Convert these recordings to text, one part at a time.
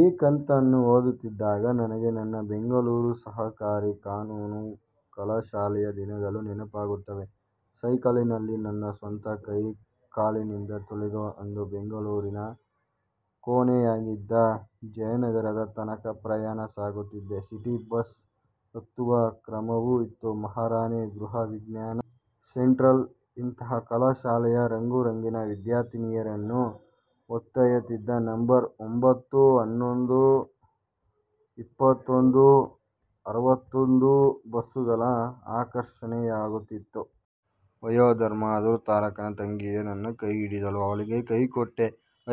ಈ ಕಂತನ್ನು ಓದುತ್ತಿದ್ದಾಗ ನನಗೆ ನನ್ನ ಬೆಂಗಳೂರು ಸರಕಾರಿ ಕಾನೂನು ಕಲಾಶಾಲೆಯ ದಿನಗಳು ನೆನಪಾಗುತ್ತವೆ. ಸೈಕಲ್ಲಿನಲ್ಲಿ ನನ್ನ ಸ್ವಂತ ಕೈಕಾಲಿನಿಂದ ತುಳಿದು ಅಂದು ಬೆಂಗಳೂರಿನ ಕೊನೆಯಾಗಿದ್ದ ಜಯನಗರದ ತನಕ ಪ್ರಯಾಣ ಸಾಗುತ್ತಿತ್ತು. ಸಿಟಿ ಬಸ್ಸು ಹತ್ತುವ ಕ್ರಮವೂ ಇತ್ತು. ಮಹಾರಾಣಿ, ಗೃಹವಿಜ್ನಾನ, ಸೆಂಟ್ರಲ್ ಇತರ ಕಲಾಶಾಲೆಯ ರಂಗು ರಂಗಿನ ವಿದ್ಯಾರ್ಥಿನಿಯರನ್ನು ಒಯ್ಯುತ್ತಿದ್ದ ನಂಬರ್ ಒಂಭತ್ತು, ಹನ್ನೊಂದು, ಇಪ್ಪತ್ತೊಂದು, ಅರವತ್ತೊಂದು ಬಸ್ಸುಗಳು ಆಕರ್ಷಣೀಯವಾಗಿದ್ದುವು. ವಯೋ ಧರ್ಮ. ಆದರೂ ತಾರಕ್ಕನ ತಂಗಿಯೆ ನನ್ನ ಕೈಹಿಡಿದಳು ನಾನು ಅವಳಿಗೆ ಕೈ ಕೊಟ್ಟೆ.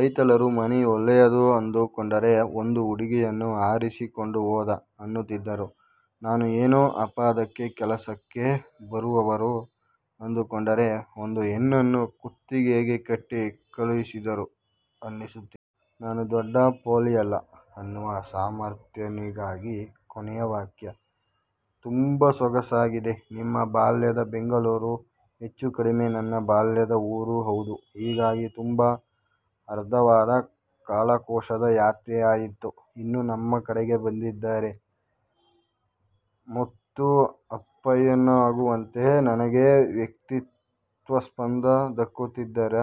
ಐತಾಳರು "ಮಾಣಿ ಒಳ್ಲೆಯದು ಅಂದು ಕೊಂಡರೆ ಒಂದು ಹುಡುಗಿಯನ್ನು ಹಾರಿಸಿ ಕೊಂಡು ಹೋದ" ಅನ್ನುತ್ತಿದ್ದರು. ನಾನು "ಏನೋ ಆಪದಕ್ಕೆ ಕೆಲಸಕ್ಕೆ ಬರುವವರು ಅಂದು ಕೊಂಡರೆ ಒಂದು ಹೆಣ್ಣನ್ನು ಕುತ್ತಿಗೆಗೆ ಕಟ್ಟಿ ಕಳುಹಿಸಿದರು ಅನ್ನುತ್ತಿದ್ದೆ. ನಾನು ದೊಡ್ಡ ಪೊಲಿಯಲ್ಲ ಅನ್ನುವ ಸಮರ್ಥನೆಗಾಗಿ, ಕೊನೆಯ ವಾಕ್ಯ. ತುಂಬ ಸೊಗಸಾಗಿದೆ. ನಿಮ್ಮ ಬಾಲ್ಯದ ಬೆಂಗಳೂರು ಹೆಚ್ಚು ಕಡಿಮೆ ನನ್ನ ಬಾಲ್ಯದ ಊರೂ ಹೌದು. ಹೀಗಾಗಿ ತುಂಬ ಹಾರ್ದವಾದ ಕಾಲಕೋಶದ ಯಾತ್ರೆಯಾಯಿತು. ಇನ್ನೂ ನಮ್ಮ ಕಡೆಗೆ ಬಂದಿದ್ದರೆ ಮತ್ತೂ ಆಪ್ಯಾಯನವಾಗುವಂತೆ ನನಗೆ ವೈಯಕ್ತಿಕಸ್ಪಂದ ದಕ್ಕುತ್ತಿತ್ತುಇದರ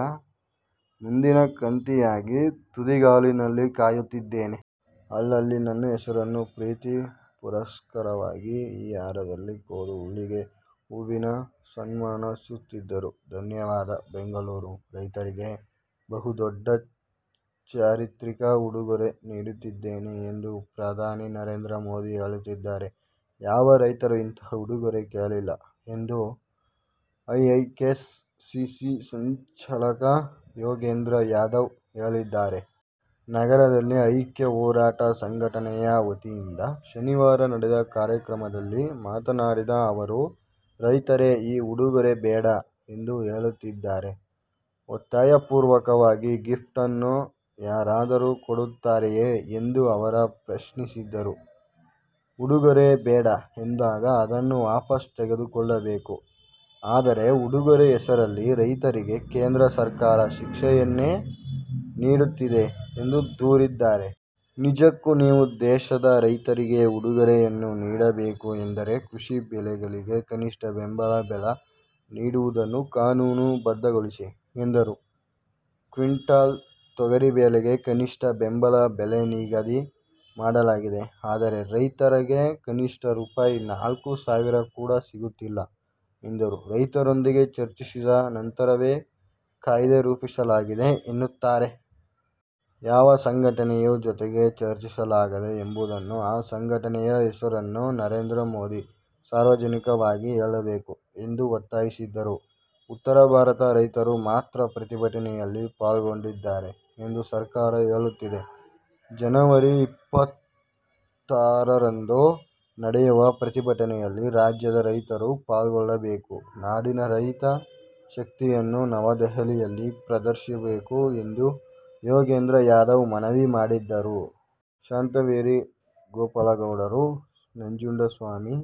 ಮುಂದಿನ ಕಂತಿಗಾಗಿ ತುದಿಗಾಲಿನಲ್ಲಿ ಕಾಯುತ್ತಿದ್ದೇನೆ. ಅಲ್ಲಲ್ಲಿ ನನ್ನ ಹೆಸರನ್ನೂ ಪ್ರೀತಿ ಪುರಸ್ಸರವಾಗಿ ಈ ಹಾರದಲ್ಲಿ ಕೋದು ಹುಲ್ಲಿಗೆ ಹೂವಿನ ಸುಮ್ಮಾನವನ್ನಿತ್ತಿದ್ದೀರಿ; ಧನ್ಯವಾದ. ಬೆಂಗಳೂರು: 'ರೈತರಿಗೆ ಬಹುದೊಡ್ಡ ಚಾರಿತ್ರಿಕ ಉಡುಗೊರೆ ನೀಡುತ್ತಿದ್ದೇನೆ ಎಂದು ಪ್ರಧಾನಿ ನರೇಂದ್ರ ಮೋದಿ ಹೇಳುತ್ತಿದ್ದಾರೆ. ಯಾವ ರೈತರೂ ಇಂತಹ ಉಡುಗೊರೆ ಕೇಳಿಲ್ಲ' ಎಂದು ಎಐಕೆಎಸ್ ಸಿಸಿ ಸಂಚಾಲಕ ಯೋಗೇಂದ್ರ ಯಾದವ್ ಹೇಳಿದರು. ನಗರದಲ್ಲಿ 'ಐಕ್ಯ ಹೋರಾಟ' ಸಂಘಟನೆಯ ವತಿಯಿಂದ ಶನಿವಾರ ನಡೆದ ಕಾರ್ಯಕ್ರಮದಲ್ಲಿ ಮಾತನಾಡಿದ ಅವರು, 'ರೈತರೇ ಈ ಉಡುಗೊರೆ ಬೇಡ ಎಂದು ಹೇಳುತ್ತಿದ್ದಾರೆ. ಒತ್ತಾಯಪೂರ್ವಕವಾಗಿ ಗಿಫ್ಟ್ ಅನ್ನು ಯಾರಾದರೂ ಕೊಡುತ್ತಾರೆಯೇ' ಎಂದು ಅವರು ಪ್ರಶ್ನಿಸಿದರು. 'ಉಡುಗೊರೆ ಬೇಡ ಎಂದಾಗ ಅದನ್ನು ವಾಪಸ್ ತೆಗೆದುಕೊಳ್ಳಬೇಕು. ಆದರೆ, ಉಡುಗೊರೆ ಹೆಸರಲ್ಲಿ ರೈತರಿಗೆ ಕೇಂದ್ರ ಸರ್ಕಾರ ಶಿಕ್ಷೆಯನ್ನೇ ನೀಡುತ್ತಿದೆ' ಎಂದು ದೂರಿದರು. 'ನಿಜಕ್ಕೂ ನೀವು ದೇಶದ ರೈತರಿಗೆ ಉಡುಗೊರೆಯನ್ನು ನೀಡಲೇಬೇಕು ಎಂದರೆ ಕೃಷಿ ಬೆಳೆಗಳಿಗೆ ಕನಿಷ್ಠ ಬೆಂಬಲ ಬೆಲೆ ನೀಡುವುದನ್ನು ಕಾನೂನು ಬದ್ಧಗೊಳಿಸಿ' ಎಂದರು. ಕ್ವಿಂಟಲ್ ತೊಗರಿಬೇಳೆಗೆ ಕನಿಷ್ಠ ಬೆಂಬಲ ಬೆಲೆ ನಿಗದಿ ಮಾಡಲಾಗಿದೆ. ಆದರೆ, ರೈತರಿಗೆ ಕನಿಷ್ಠ ರೂಪಾಯಿ ನಾಲ್ಕು ಸಾವಿರ ಕೂಡ ಸಿಗುತ್ತಿಲ್ಲ' ಎಂದರು. 'ರೈತರೊಂದಿಗೆ ಚರ್ಚಿಸಿದ ನಂತರವೇ ಕಾಯ್ದೆ ರೂಪಿಸಲಾಗಿದೆ ಎನ್ನುತ್ತಾರೆ. ಯಾವ ಸಂಘಟನೆ ಜೊತೆಗೆ ಚರ್ಚಿಸಲಾಗಿದೆ ಎಂಬುದನ್ನು, ಆ ಸಂಘಟನೆಯ ಹೆಸರನ್ನು ನರೇಂದ್ರ ಮೋದಿ ಸಾರ್ವಜನಿಕವಾಗಿ ಹೇಳಬೇಕು' ಎಂದು ಒತ್ತಾಯಿಸಿದರು. 'ಉತ್ತರ ಭಾರತದ ರೈತರು ಮಾತ್ರ ಪ್ರತಿಭಟನೆಯಲ್ಲಿ ಪಾಲ್ಗೊಂಡಿದ್ದಾರೆ ಎಂದು ಸರ್ಕಾರ ಹೇಳುತ್ತಿದೆ. ಜನವರಿ ಇಪ್ಪತ್ತಾರರಂದು ನಡೆಯುವ ಪ್ರತಿಭಟನೆಯಲ್ಲಿ ರಾಜ್ಯದ ರೈತರೂ ಪಾಲ್ಗೊಳ್ಳಬೇಕು. ನಾಡಿನ ರೈತ ಶಕ್ತಿಯನ್ನು ನವದೆಹಲಿಯಲ್ಲಿ ಪ್ರದರ್ಶಿಸಬೇಕು' ಎಂದು ಯೋಗೇಂದ್ರ ಯಾದವ್ ಮನವಿ ಮಾಡಿದರು. 'ಶಾಂತವೇರಿ ಗೋಪಾಲಗೌಡರು, ನಂಜುಂಡಸ್ವಾಮಿ,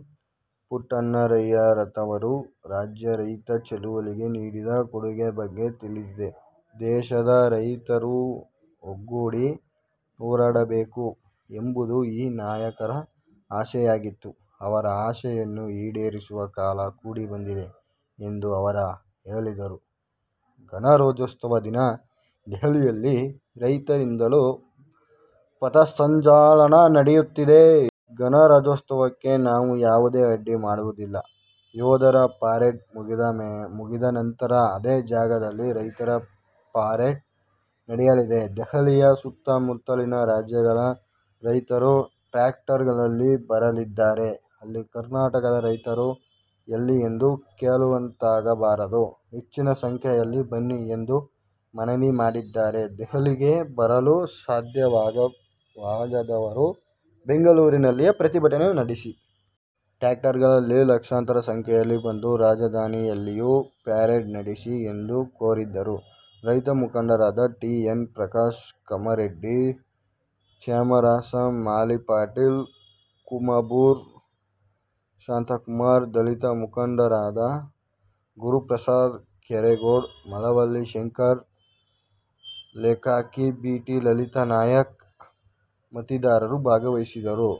ಪುಟ್ಟಣ್ಣಯ್ಯರಂಥವರು ರಾಜ್ಯದ ರೈತ ಚಳವಳಿಗೆ ನೀಡಿದ ಕೊಡುಗೆ ಬಗ್ಗೆ ತಿಳಿದಿದೆ. ದೇಶದ ರೈತರು ಒಗ್ಗೂಡಿ ಹೋರಾಡಬೇಕು ಎಂಬುದು ಈ ನಾಯಕರ ಆಸೆಯಾಗಿತ್ತು. ಅವರ ಆಶಯವನ್ನು ಈಡೇರಿಸುವ ಕಾಲ ಕೂಡಿ ಬಂದಿದೆ' ಎಂದೂ ಅವರು ಹೇಳಿದರು. 'ಗಣರಾಜ್ಯೋತ್ಸವ ದಿನ ದೆಹಲಿಯಲ್ಲಿ ರೈತರಿಂದಲೂ ಪಥಸಂಚಲನ ನಡೆಯಲಿದೆ. ಗಣರಾಜ್ಯೋತ್ಸವಕ್ಕೆ ನಾವು ಯಾವುದೇ ಅಡ್ಡಿ ಮಾಡುವುದಿಲ್ಲ. ಯೋಧರ ಪರೇಡ್ ಮುಗಿದ ನಂತರ, ಅದೇ ಜಾಗದಲ್ಲಿ ರೈತರ ಪರೇಡ್ ನಡೆಯಲಿದೆ. ದೆಹಲಿಯ ಸುತ್ತ–ಮುತ್ತಲಿನ ರಾಜ್ಯಗಳ ರೈತರು ಟ್ರ್ಯಾಕ್ಟರ್ಗಳಲ್ಲಿ ಬರಲಿದ್ದಾರೆ. ಅಲ್ಲಿ ಕರ್ನಾಟಕದ ರೈತರು ಎಲ್ಲಿ ಎಂದು ಕೇಳುವಂತಾಗಬಾರದು. ಹೆಚ್ಚಿನ ಸಂಖ್ಯೆಯಲ್ಲಿ ಬನ್ನಿ' ಎಂದು ಮನವಿ ಮಾಡಿದರು. 'ದೆಹಲಿಗೆ ಬರಲು ಸಾಧ್ಯವಾಗದವರು ಬೆಂಗಳೂರಿನಲ್ಲಿಯೇ ಪ್ರತಿಭಟನೆ ನಡೆಸಿ. ಟ್ರ್ಯಾಕ್ಟರ್ಗಳಲ್ಲಿ ಲಕ್ಷಾಂತರ ಸಂಖ್ಯೆಯಲ್ಲಿ ಬಂದು ರಾಜಧಾನಿಯಲ್ಲಿಯೂ ಪರೇಡ್ ನಡೆಸಿ' ಎಂದು ಕೋರಿದರು. ರೈತ ಮುಖಂಡರಾದ ಟಿ. ಎನ್. ಪ್ರಕಾಶ್ ಕಮ್ಮರಡಿ, ಚಾಮರಸ ಮಾಲಿಪಾಟೀಲ, ಕುರಬೂರು ಶಾಂತಕುಮಾರ್, ದಲಿತ ಮುಖಂಡರಾದ ಗುರುಪ್ರಸಾದ್ ಕೆರೆಗೋಡು, ಮಾವಳ್ಳಿ ಶಂಕರ್, ಲೇಖಕಿ ಬಿ. ಟಿ. ಲಲಿತಾ ನಾಯಕ್ ಮತ್ತಿತರರು ಭಾಗವಹಿಸಿದರು.